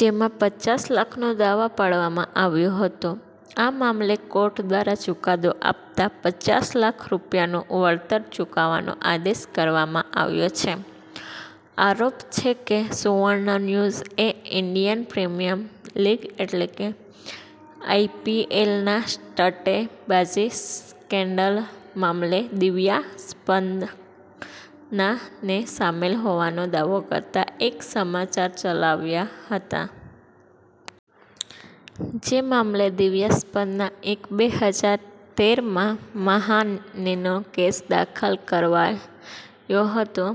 જેમાં પચાસ લાખનો દાવો પાડવામાં આવ્યો હતો આ મામલે કોર્ટ દ્વારા ચુકાદો આપતા પચાસ લાખ રૂપિયાનું વળતર ચૂકવવાનો આદેશ કરવામાં આવ્યો છે. આરોપ છે કે સુવર્ણ ન્યુઝ એ ઇન્ડિયન પ્રીમિયર લીગ એટલે કે આઈપીએલના સટ્ટેબાજી સ્કેન્ડલ મામલે દિવ્યા સ્પંદના ને સામેલ હોવાનો દાવો કરતા એક સમાચાર ચલાવ્યા હતા. જે મામલે દિવ્યા સ્પંદના એ બે હજાર તેર માં માનહાનિનો કેસ દાખલ કરાવ્યો હતો.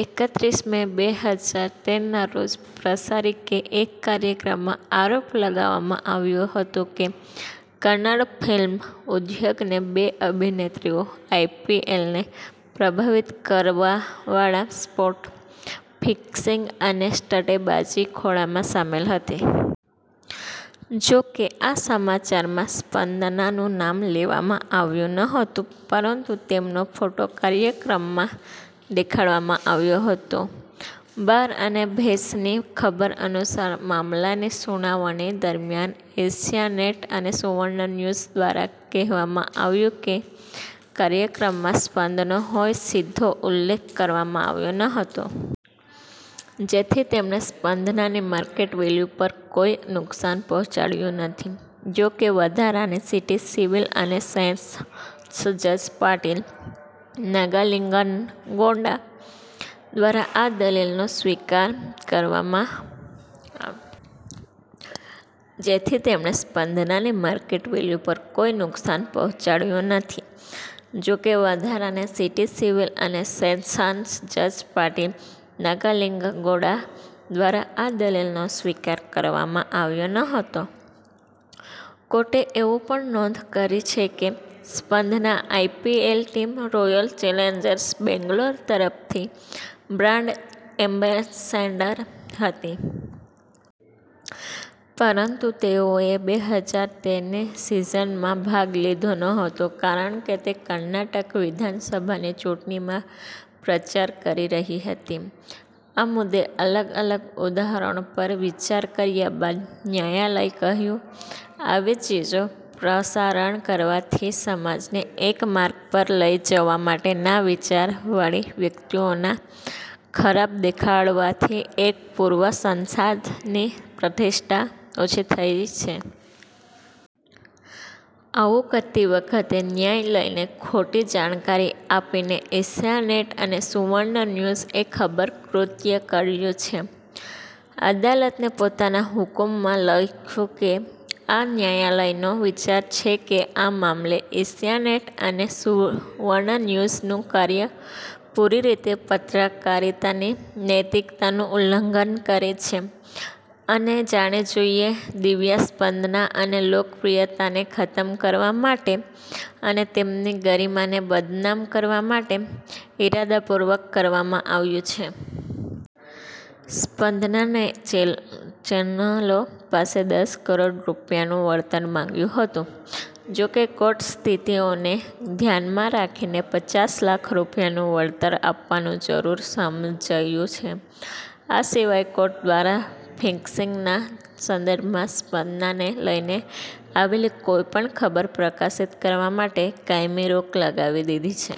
એકત્રીસ મે બે હજાર તેર ના રોજ પ્રસારી કે એક કાર્યક્રમમાં આરોપ લગાવવામાં આવ્યો હતો કે કન્નડ ફિલ્મ ઉદ્યોગને બે અભિનેત્રીઓ આઈપીએલને પ્રભાવિત કરવાવાળા સ્પોર્ટ ફિક્સિંગ અને સટ્ટેબાજી ખોળામાં સામેલ હતી. જોકે આ સમાચારમાં સ્પંદના નું નામ લેવામાં આવ્યું નહોતું પરંતુ તેમનો ફોટો કાર્યક્રમમાં દેખાડવામાં આવ્યો હતો. બાર અને ભેંસની ખબર અનુસાર મામલાની સુનાવણી દરમિયાન એશિયા નેટ અને સુવર્ણ ન્યુઝ દ્વારા કહેવામાં આવ્યું કે કાર્યક્રમમાં સ્પંદનો હોય સીધો ઉલ્લેખ કરવામાં આવ્યો નહોતો. જેથી તેમણે સ્પંદનાની માર્કેટ વેલ્યુ પર કોઈ નુકસાન પહોંચાડયું નથી જોકે વધારાના સિટી સિવિલ અને સેશન્સ જજ પાટીલ નાગાલિંગનગૌડા દ્વારા આ દલીલનો સ્વીકાર કરવામાં આવ્યો નહોતો. કોર્ટે એવું પણ નોંધ કરી છે કે Spandana IPL team Royal Challengers Bangalore તરફથી બ્રાન્ડ એમ્બેસેડર હતી. પરંતુ તેઓએ બે હજાર તેર ની સિઝનમાં ભાગ લીધો નહોતો કારણ કે તે કર્ણાટક વિધાનસભાની ચૂંટણીમાં પ્રચાર કરી રહી હતી. આ મુદ્દે અલગ-અલગ ઉદાહરણો પર વિચાર કર્યા બાદ ન્યાયાલય કહ્યું આવી ચીજો પ્રસારણ કરવાથી સમાજને એક માર્ગ પર લઈ જવા માટે ના વિચાર વાળી વ્યક્તિઓના ખરાબ દેખાડવાથી એક પૂર્વ સાંસદ ની પ્રતિષ્ઠા ઓછી થઈ છે. આવું કરતી વખતે ન્યાય લઈને ખોટી જાણકારી આપીને એશિયા નેટ અને સુવર્ણ ન્યુઝ એ ખરાબ કૃત્ય કર્યું છે. અદાલતે પોતાના હુકમમાં લખ્યું છે કે આ ન્યાયાલયનો વિચાર છે કે આ મામલે એશિયા નેટ અને સુવર્ણ ન્યૂઝ નું કાર્ય પૂરી રીતે પત્રકારિતા ની નૈતિકતાનું ઉલ્લંઘન કરે છે અને જાણી જોઈને દિવ્યા સ્પંદના અને લોકપ્રિયતાને ખતમ કરવા માટે અને તેમની ગરિમા ને બદનામ કરવા માટે ઈરાદાપૂર્વક કરવામાં આવ્યું છે. સ્પંદનાએ ચેનલો પાસે દસ કરોડ રૂપિયાનું વળતર માગ્યું હતું. જોકે કોર્ટે સ્થિતિઓને ધ્યાનમાં રાખીને પચાસ લાખ રૂપિયાનું વળતર આપવાનું જરૂરી સમજ્યુ છે, આ સિવાય કોર્ટ દ્વારા ફિક્સિંગ ના સંદર્ભમાં સ્પંદના ને લઈને આવેલી કોઇપણ ખબર પ્રકાશિત કરવા માટે કાયમી રોક લગાવી દીધી છે.